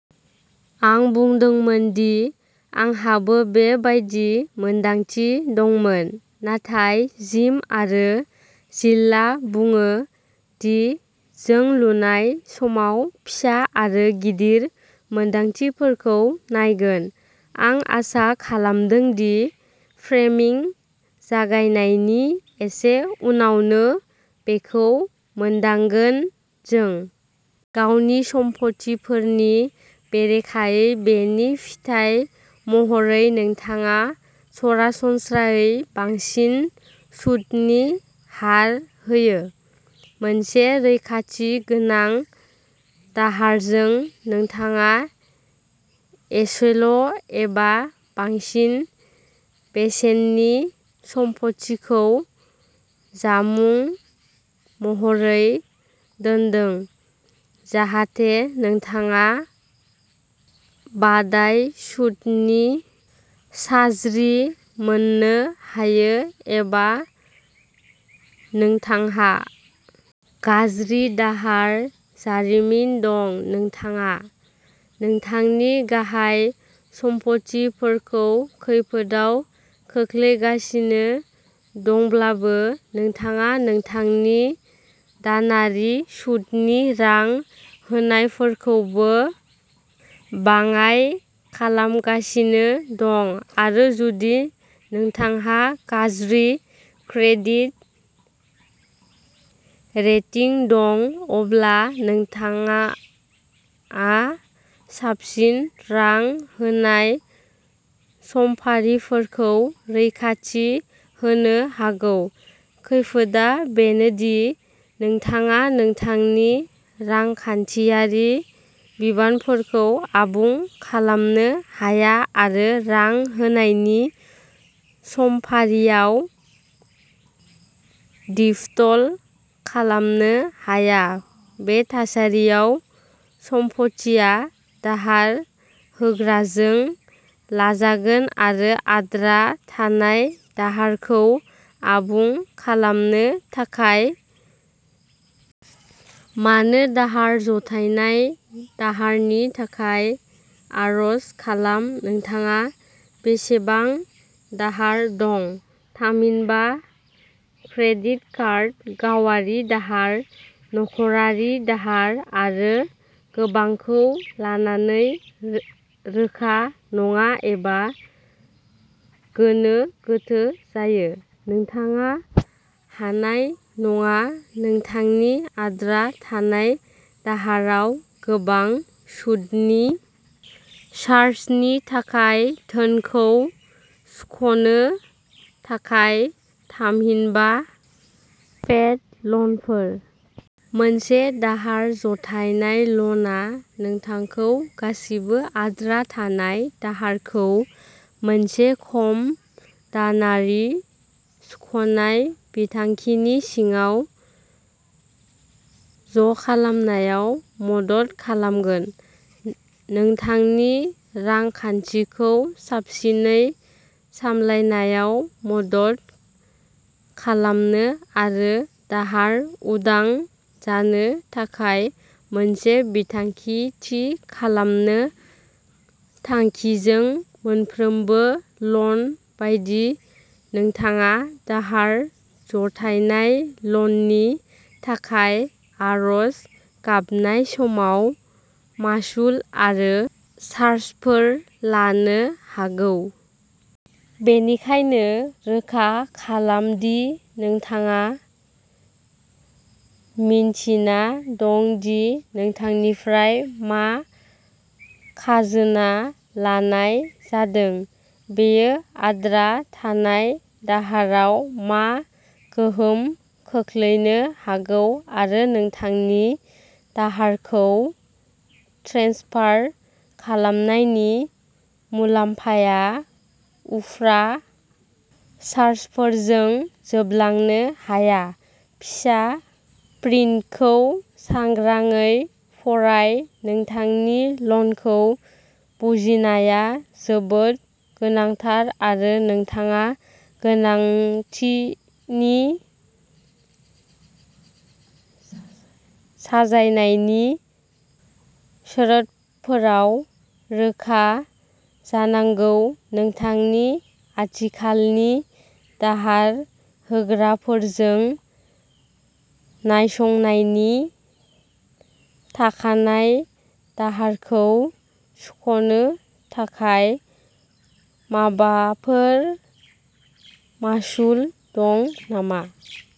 आं बुंदोंमोन दि आंहाबो बे बायदि मोन्दांथि दंमोन नाथाय जिम आरो जिलआ बुङो दि जों लुनाय समाव फिसा आरो गिदिर मोनदांथिफोरखौ नायगोन। आं आसा खालामदों दि फ्रेमिं जागायनायनि एसे उनावनो बेखौ मोनदांगोन जों गावनि सम्फथिफोरनि बेरेखायै बेनि फिथाय महरै नोंथाङा सरासनस्रायै बांसिन सुतनि हार होयो। मोनसे रैखाथि गोनां दाहारजों नोंथाङा एसेल' एबा बांसिन बेसेननि सम्फथिखौ जामुं महरै दोन्दों। जाहाथे नोंथाङा बादाय सुतनि चाज्रि मोननो हायो एबा नोंथांहा गाज्रि दाहार जारिमिन दं नोंथाङा नोंथांनि गाहाय सम्फथिफोरखौ खैफोदआव खोख्लैगासिनो दंब्लाबो नोंथाङा नोंथांनि दानारि सुतनि रां होनायफोरखौबो बाङाइ खालामगासिनो दं। आरो जुदि नोंथांहा गाज्रि क्रेडिट रेटिं दं अब्ला नोंथांआ साबसिन रां होनाय समफारिफोरखौ रैखाथि होनो हागौ। खैफोदआ बेनो दि नोंथाङा नोंथांनि रांखान्थियारि बिबानफोरखौ आबुं खालामनो हाया आरो रां होनायनि समफारियाव दिफटल खालामनो हाया बे थासारियाव सम्फथिया दाहार होग्राजों लाजागोन आरो आद्रा थानाय दाहारखौ आबुं खालामनो थाखाय मानो दाहार जथायनाय दाहारनि थाखाय आर'ज खालाम नोंथाङा बेसेबां दाहार दं थामहिनबा क्रेडिट कार्ड गावारि दाहार नखरारि दाहार आरो गोबांखौ लानानै रोखा नङा एबा गोनो गोथो जायो। नोंथाङा हानाय नङा नोंथांनि आद्रा थानाय दाहाराव गोबां सुदनि चार्जनि थाखाय धोनखौ सुख'नो थाखाय थामहिनबा पेड ल'नफोर। मोनसे दाहार जथायनाय ल'नआ नोंथांखौ गासिबो आद्रा थानाय दाहारखौ मोनसे खम दानारि सुख'नाय बिथांखिनि सिङाव ज'खालामनायाव मदद खालामगोन। नोंथांनि रांखान्थिखौ साबसिनै सामलायनायाव मदद खालामनो आरो दाहार उदां जानो थाखाय मोनसे बिथांखि थि खालामनो थांखिजों मोनफ्रोमबो ल'न बायदि नोंथाङा दाहार जथायनाय ल'ननि थाखाय आर'ज गाबनाय समाव मासुल आरो चार्जफोर लानो हागौ। बेनिखायनो रोखा खालाम दि नोंथाङा मिन्थिना दं दि नोंथांनिफ्राय मा खाजोना लानाय जादों। बेयो आद्रा थानाय दाहाराव मा गोहोम खोख्लैनो हागौ आरो नोंथांनि दाहारखौ ट्रेन्सफार खालामनायनि मुलाम्फाया उफ्रा चार्जफोरजों जोबलांनो हाया। फिसा प्रिन्टखौ सांग्राङै फराय नोंथांनि ल'नखौ बुजिनाया जोबोद गोनांथार आरो नोंथाङा गोनांथिनि साजायनायनि सर्तफोराव रोखा जानांगौ नोंथांनि आथिखालनि दाहार होग्राफोरजों नायसंनायनि थाखानाय दाहारखौ सुख'नो थाखाय माबाफोर मासुल दं नामा।